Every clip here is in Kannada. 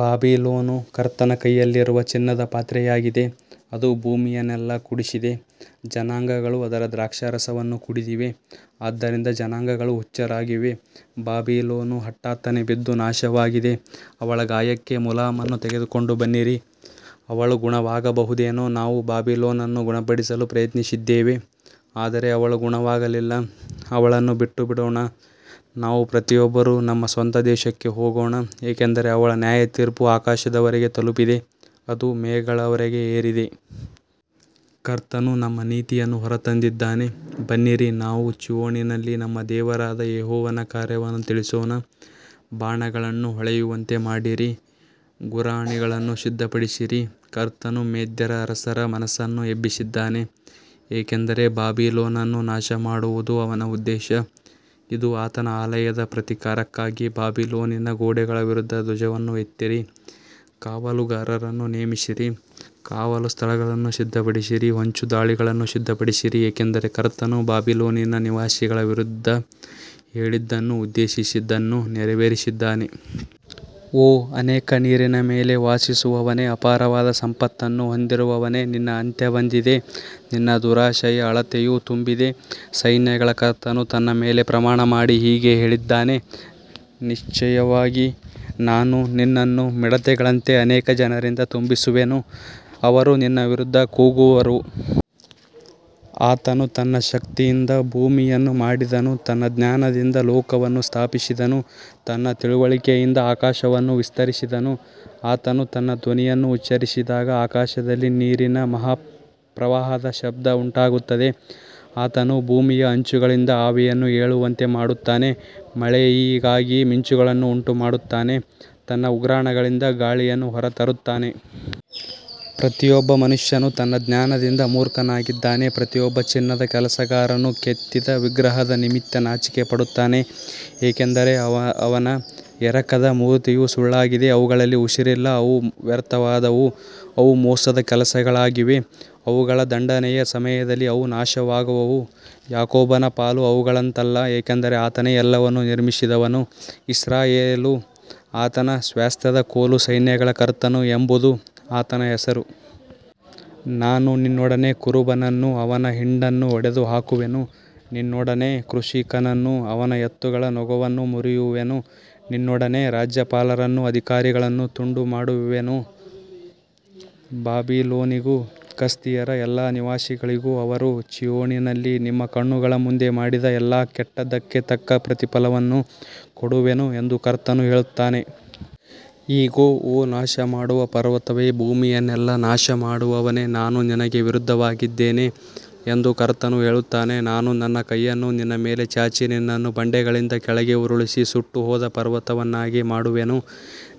ಬಾಬಿಲೋನು ಕರ್ತನ ಕೈಯಲ್ಲಿರುವ ಚಿನ್ನದ ಪಾತ್ರೆಯಾಗಿದೆ, ಅದು ಭೂಮಿಯನ್ನೆಲ್ಲ ಕುಡಿಸಿದೆ, ಜನಾಂಗಗಳು ಅದರ ದ್ರಾಕ್ಷಾರಸವನ್ನು ಕುಡಿದಿವೆ, ಆದ್ದರಿಂದ ಜನಾಂಗಗಳು ಹುಚ್ಚರಾಗಿವೆ. ಬಾಬಿಲೋನು ಹಠಾತ್ತನೆ ಬಿದ್ದು ನಾಶವಾಗಿದೆ, ಅವಳ ಗಾಯಕ್ಕೆ ಮುಲಾಮನ್ನು ತೆಗೆದುಕೊಂಡು ಬನ್ನಿರಿ, ಅವಳು ಗುಣವಾಗಬಹುದೇನೋ. ನಾವು ಬಾಬಿಲೋನನ್ನು ಗುಣಪಡಿಸಲು ಪ್ರಯತ್ನಿಸಿದ್ದೇವೆ, ಆದರೆ ಅವಳು ಗುಣವಾಗಲಿಲ್ಲ, ಅವಳನ್ನು ಬಿಟ್ಟುಬಿಡೋಣ, ನಾವು ಪ್ರತಿಯೊಬ್ಬರೂ ನಮ್ಮ ಸ್ವಂತ ದೇಶಕ್ಕೆ ಹೋಗೋಣ, ಏಕೆಂದರೆ ಅವಳ ನ್ಯಾಯತೀರ್ಪು ಆಕಾಶದವರೆಗೆ ತಲುಪಿದೆ, ಅದು ಮೇಘಗಳವರೆಗೆ ಏರಿದೆ. ಕರ್ತನು ನಮ್ಮ ನೀತಿಯನ್ನು ಹೊರತಂದಿದ್ದಾನೆ, ಬನ್ನಿರಿ, ನಾವು ಚೀಯೋನಿನಲ್ಲಿ ನಮ್ಮ ದೇವರಾದ ಯೆಹೋವನ ಕಾರ್ಯವನ್ನು ತಿಳಿಸೋಣ. ಬಾಣಗಳನ್ನು ಹೊಳೆಯುವಂತೆ ಮಾಡಿರಿ, ಗುರಾಣಿಗಳನ್ನು ಸಿದ್ಧಪಡಿಸಿರಿ, ಕರ್ತನು ಮೇದ್ಯರ ಅರಸರ ಮನಸ್ಸನ್ನು ಎಬ್ಬಿಸಿದ್ದಾನೆ, ಏಕೆಂದರೆ ಬಾಬಿಲೋನನ್ನು ನಾಶಮಾಡುವುದು ಅವನ ಉದ್ದೇಶ, ಇದು ಆತನ ಆಲಯದ ಪ್ರತೀಕಾರಕ್ಕಾಗಿ. ಬಾಬಿಲೋನಿನ ಗೋಡೆಗಳ ವಿರುದ್ಧ ಧ್ವಜವನ್ನು ಎತ್ತಿರಿ, ಕಾವಲುಗಾರರನ್ನು ನೇಮಿಸಿರಿ, ಕಾವಲು ಸ್ಥಳಗಳನ್ನು ಸಿದ್ಧಪಡಿಸಿರಿ, ಹೊಂಚುದಾಳಿಗಳನ್ನು ಸಿದ್ಧಪಡಿಸಿರಿ, ಏಕೆಂದರೆ ಕರ್ತನು ಬಾಬಿಲೋನಿನ ನಿವಾಸಿಗಳ ವಿರುದ್ಧ ಹೇಳಿದ್ದನ್ನೂ ಉದ್ದೇಶಿಸಿದ್ದನ್ನೂ ನೆರವೇರಿಸಿದ್ದಾನೆ. ಓ ಅನೇಕ ನೀರಿನ ಮೇಲೆ ವಾಸಿಸುವವನೇ, ಅಪಾರವಾದ ಸಂಪತ್ತನ್ನು ಹೊಂದಿರುವವನೇ, ನಿನ್ನ ಅಂತ್ಯ ಬಂದಿದೆ, ನಿನ್ನ ದುರಾಶೆಯ ಅಳತೆಯೂ ತುಂಬಿದೆ. ಸೈನ್ಯಗಳ ಕರ್ತನು ತನ್ನ ಮೇಲೆ ಪ್ರಮಾಣಮಾಡಿ ಹೀಗೆ ಹೇಳಿದ್ದಾನೆ, ನಿಶ್ಚಯವಾಗಿ ನಾನು ನಿನ್ನನ್ನು ಮಿಡತೆಗಳಂತೆ ಅನೇಕ ಜನರಿಂದ ತುಂಬಿಸುವೆನು, ಅವರು ನಿನ್ನ ವಿರುದ್ಧ ಕೂಗುವರು. ಆತನು ತನ್ನ ಶಕ್ತಿಯಿಂದ ಭೂಮಿಯನ್ನು ಮಾಡಿದನು, ತನ್ನ ಜ್ಞಾನದಿಂದ ಲೋಕವನ್ನು ಸ್ಥಾಪಿಸಿದನು, ತನ್ನ ತಿಳುವಳಿಕೆಯಿಂದ ಆಕಾಶವನ್ನು ವಿಸ್ತರಿಸಿದನು. ಆತನು ತನ್ನ ಧ್ವನಿಯನ್ನು ಉಚ್ಚರಿಸಿದಾಗ ಆಕಾಶದಲ್ಲಿ ನೀರಿನ ಮಹಾಪ್ರವಾಹದ ಶಬ್ದ ಉಂಟಾಗುತ್ತದೆ, ಆತನು ಭೂಮಿಯ ಅಂಚುಗಳಿಂದ ಆವಿಯನ್ನು ಏಳುವಂತೆ ಮಾಡುತ್ತಾನೆ, ಮಳೆಯಿಗಾಗಿ ಮಿಂಚುಗಳನ್ನು ಉಂಟುಮಾಡುತ್ತಾನೆ, ತನ್ನ ಉಗ್ರಾಣಗಳಿಂದ ಗಾಳಿಯನ್ನು ಹೊರತರುತ್ತಾನೆ. ಪ್ರತಿಯೊಬ್ಬ ಮನುಷ್ಯನು ತನ್ನ ಜ್ಞಾನದಿಂದ ಮೂರ್ಖನಾಗಿದ್ದಾನೆ, ಪ್ರತಿಯೊಬ್ಬ ಚಿನ್ನದ ಕೆಲಸಗಾರನು ಕೆತ್ತಿದ ವಿಗ್ರಹದ ನಿಮಿತ್ತ ನಾಚಿಕೆಪಡುತ್ತಾನೆ, ಏಕೆಂದರೆ ಅವನ ಎರಕದ ಮೂರ್ತಿಯು ಸುಳ್ಳಾಗಿದೆ, ಅವುಗಳಲ್ಲಿ ಉಸಿರಿಲ್ಲ. ಅವು ವ್ಯರ್ಥವಾದವು, ಅವು ಮೋಸದ ಕೆಲಸಗಳಾಗಿವೆ, ಅವುಗಳ ದಂಡನೆಯ ಸಮಯದಲ್ಲಿ ಅವು ನಾಶವಾಗುವವು. ಯಾಕೋಬನ ಪಾಲು ಅವುಗಳಂತಲ್ಲ, ಏಕೆಂದರೆ ಆತನೇ ಎಲ್ಲವನ್ನೂ ನಿರ್ಮಿಸಿದವನು, ಇಸ್ರಾಯೇಲು ಆತನ ಸ್ವಾಸ್ತ್ಯದ ಕೋಲು, ಸೈನ್ಯಗಳ ಕರ್ತನು ಎಂಬುದು ಆತನ ಹೆಸರು. ನಾನು ನಿನ್ನೊಡನೆ ಕುರುಬನನ್ನೂ ಅವನ ಹಿಂಡನ್ನೂ ಒಡೆದುಹಾಕುವೆನು, ನಿನ್ನೊಡನೆ ಕೃಷಿಕನನ್ನೂ ಅವನ ಎತ್ತುಗಳ ನೊಗವನ್ನೂ ಮುರಿಯುವೆನು, ನಿನ್ನೊಡನೆ ರಾಜ್ಯಪಾಲರನ್ನೂ ಅಧಿಕಾರಿಗಳನ್ನೂ ತುಂಡುಮಾಡುವೆನು. ಬಾಬಿಲೋನಿಗೂ ಕಸ್ದೀಯರ ಎಲ್ಲಾ ನಿವಾಸಿಗಳಿಗೂ ಅವರು ಚೀಯೋನಿನಲ್ಲಿ ನಿಮ್ಮ ಕಣ್ಣುಗಳ ಮುಂದೆ ಮಾಡಿದ ಎಲ್ಲಾ ಕೆಟ್ಟದ್ದಕ್ಕೆ ತಕ್ಕ ಪ್ರತಿಫಲವನ್ನು ಕೊಡುವೆನು ಎಂದು ಕರ್ತನು ಹೇಳುತ್ತಾನೆ. ಇಗೋ, ಓ ನಾಶಮಾಡುವ ಪರ್ವತವೇ, ಭೂಮಿಯನ್ನೆಲ್ಲ ನಾಶಮಾಡುವವನೇ, ನಾನು ನಿನಗೆ ವಿರುದ್ಧವಾಗಿದ್ದೇನೆ ಎಂದು ಕರ್ತನು ಹೇಳುತ್ತಾನೆ, ನಾನು ನನ್ನ ಕೈಯನ್ನು ನಿನ್ನ ಮೇಲೆ ಚಾಚಿ, ನಿನ್ನನ್ನು ಬಂಡೆಗಳಿಂದ ಕೆಳಗೆ ಉರುಳಿಸಿ, ಸುಟ್ಟುಹೋದ ಪರ್ವತವನ್ನಾಗಿ ಮಾಡುವೆನು.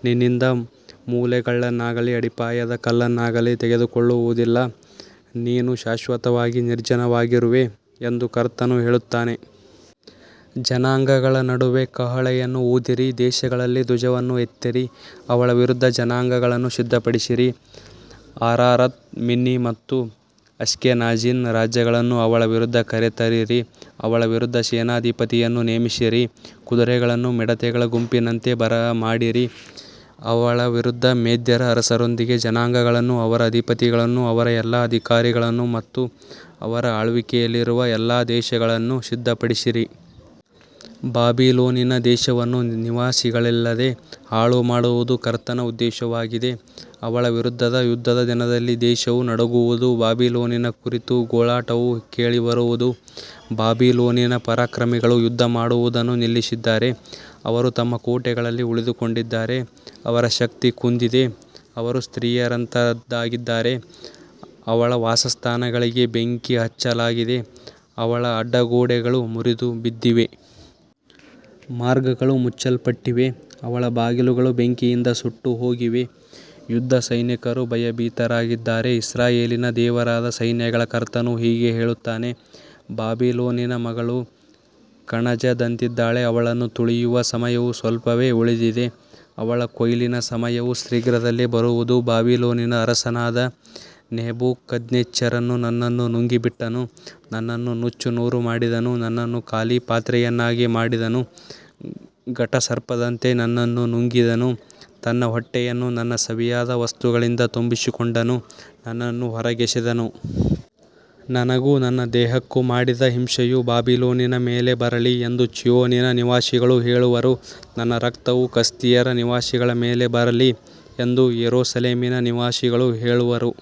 ನಿನ್ನಿಂದ ಮೂಲೆಗಲ್ಲನ್ನಾಗಲಿ ಅಡಿಪಾಯದ ಕಲ್ಲನ್ನಾಗಲಿ ತೆಗೆದುಕೊಳ್ಳುವುದಿಲ್ಲ, ನೀನು ಶಾಶ್ವತವಾಗಿ ನಿರ್ಜನವಾಗಿರುವೆ ಎಂದು ಕರ್ತನು ಹೇಳುತ್ತಾನೆ. ಜನಾಂಗಗಳ ನಡುವೆ ಕಹಳೆಯನ್ನು ಊದಿರಿ, ದೇಶಗಳಲ್ಲಿ ಧ್ವಜವನ್ನು ಎತ್ತಿರಿ, ಅವಳ ವಿರುದ್ಧ ಜನಾಂಗಗಳನ್ನು ಸಿದ್ಧಪಡಿಸಿರಿ, ಅರಾರತ್, ಮಿನ್ನಿ ಮತ್ತು ಅಶ್ಕೆನಾಜಿನ ರಾಜ್ಯಗಳನ್ನು ಅವಳ ವಿರುದ್ಧ ಕರೆತರಿರಿ, ಅವಳ ವಿರುದ್ಧ ಸೇನಾಧಿಪತಿಯನ್ನು ನೇಮಿಸಿರಿ, ಕುದುರೆಗಳನ್ನು ಮಿಡತೆಗಳ ಗುಂಪಿನಂತೆ ಬರಮಾಡಿರಿ. ಅವಳ ವಿರುದ್ಧ ಮೇದ್ಯರ ಅರಸರೊಂದಿಗೆ ಜನಾಂಗಗಳನ್ನು, ಅವರ ಅಧಿಪತಿಗಳನ್ನು, ಅವರ ಎಲ್ಲಾ ಅಧಿಕಾರಿಗಳನ್ನು ಮತ್ತು ಅವರ ಆಳ್ವಿಕೆಯಲ್ಲಿರುವ ಎಲ್ಲಾ ದೇಶಗಳನ್ನು ಸಿದ್ಧಪಡಿಸಿರಿ. ಬಾಬಿಲೋನಿನ ದೇಶವನ್ನು ನಿವಾಸಿಗಳಿಲ್ಲದೆ ಹಾಳುಮಾಡುವುದು ಕರ್ತನ ಉದ್ದೇಶವಾಗಿದೆ, ಅವಳ ವಿರುದ್ಧದ ಯುದ್ಧದ ದಿನದಲ್ಲಿ ದೇಶವು ನಡುಗುವುದು, ಬಾಬಿಲೋನಿನ ಕುರಿತು ಗೋಳಾಟವು ಕೇಳಿಬರುವುದು. ಬಾಬಿಲೋನಿನ ಪರಾಕ್ರಮಿಗಳು ಯುದ್ಧಮಾಡುವುದನ್ನು ನಿಲ್ಲಿಸಿದ್ದಾರೆ, ಅವರು ತಮ್ಮ ಕೋಟೆಗಳಲ್ಲಿ ಉಳಿದುಕೊಂಡಿದ್ದಾರೆ, ಅವರ ಶಕ್ತಿ ಕುಂದಿದೆ, ಅವರು ಸ್ತ್ರೀಯರಂತಾಗಿದ್ದಾರೆ, ಅವಳ ವಾಸಸ್ಥಾನಗಳಿಗೆ ಬೆಂಕಿ ಹಚ್ಚಲಾಗಿದೆ, ಅವಳ ಅಡ್ಡಗೋಡೆಗಳು ಮುರಿದುಬಿದ್ದಿವೆ. ಮಾರ್ಗಗಳು ಮುಚ್ಚಲ್ಪಟ್ಟಿವೆ, ಅವಳ ಬಾಗಿಲುಗಳು ಬೆಂಕಿಯಿಂದ ಸುಟ್ಟುಹೋಗಿವೆ, ಯುದ್ಧಸೈನಿಕರು ಭಯಭೀತರಾಗಿದ್ದಾರೆ. ಇಸ್ರಾಯೇಲಿನ ದೇವರಾದ ಸೈನ್ಯಗಳ ಕರ್ತನು ಹೀಗೆ ಹೇಳುತ್ತಾನೆ, ಬಾಬಿಲೋನಿನ ಮಗಳು ಕಣಜದಂತಿದ್ದಾಳೆ, ಅವಳನ್ನು ತುಳಿಯುವ ಸಮಯವು ಸ್ವಲ್ಪವೇ ಉಳಿದಿದೆ, ಅವಳ ಕೊಯ್ಲಿನ ಸಮಯವು ಶೀಘ್ರದಲ್ಲೇ ಬರುವುದು. ಬಾಬಿಲೋನಿನ ಅರಸನಾದ ನೆಬೂಕದ್ನೆಚ್ಚರನು ನನ್ನನ್ನು ನುಂಗಿಬಿಟ್ಟನು, ನನ್ನನ್ನು ನುಚ್ಚುನೂರು ಮಾಡಿದನು, ನನ್ನನ್ನು ಖಾಲಿ ಪಾತ್ರೆಯನ್ನಾಗಿ ಮಾಡಿದನು, ಘಟಸರ್ಪದಂತೆ ನನ್ನನ್ನು ನುಂಗಿದನು, ತನ್ನ ಹೊಟ್ಟೆಯನ್ನು ನನ್ನ ಸವಿಯಾದ ವಸ್ತುಗಳಿಂದ ತುಂಬಿಸಿಕೊಂಡನು, ನನ್ನನ್ನು ಹೊರಗೆಸೆದನು. ನನಗೂ ನನ್ನ ದೇಹಕ್ಕೂ ಮಾಡಿದ ಹಿಂಸೆಯು ಬಾಬಿಲೋನಿನ ಮೇಲೆ ಬರಲಿ ಎಂದು ಚೀಯೋನಿನ ನಿವಾಸಿಗಳು ಹೇಳುವರು, ನನ್ನ ರಕ್ತವು ಕಸ್ದೀಯರ ನಿವಾಸಿಗಳ ಮೇಲೆ ಬರಲಿ ಎಂದು ಯೆರೂಸಲೇಮಿನ ನಿವಾಸಿಗಳು ಹೇಳುವರು.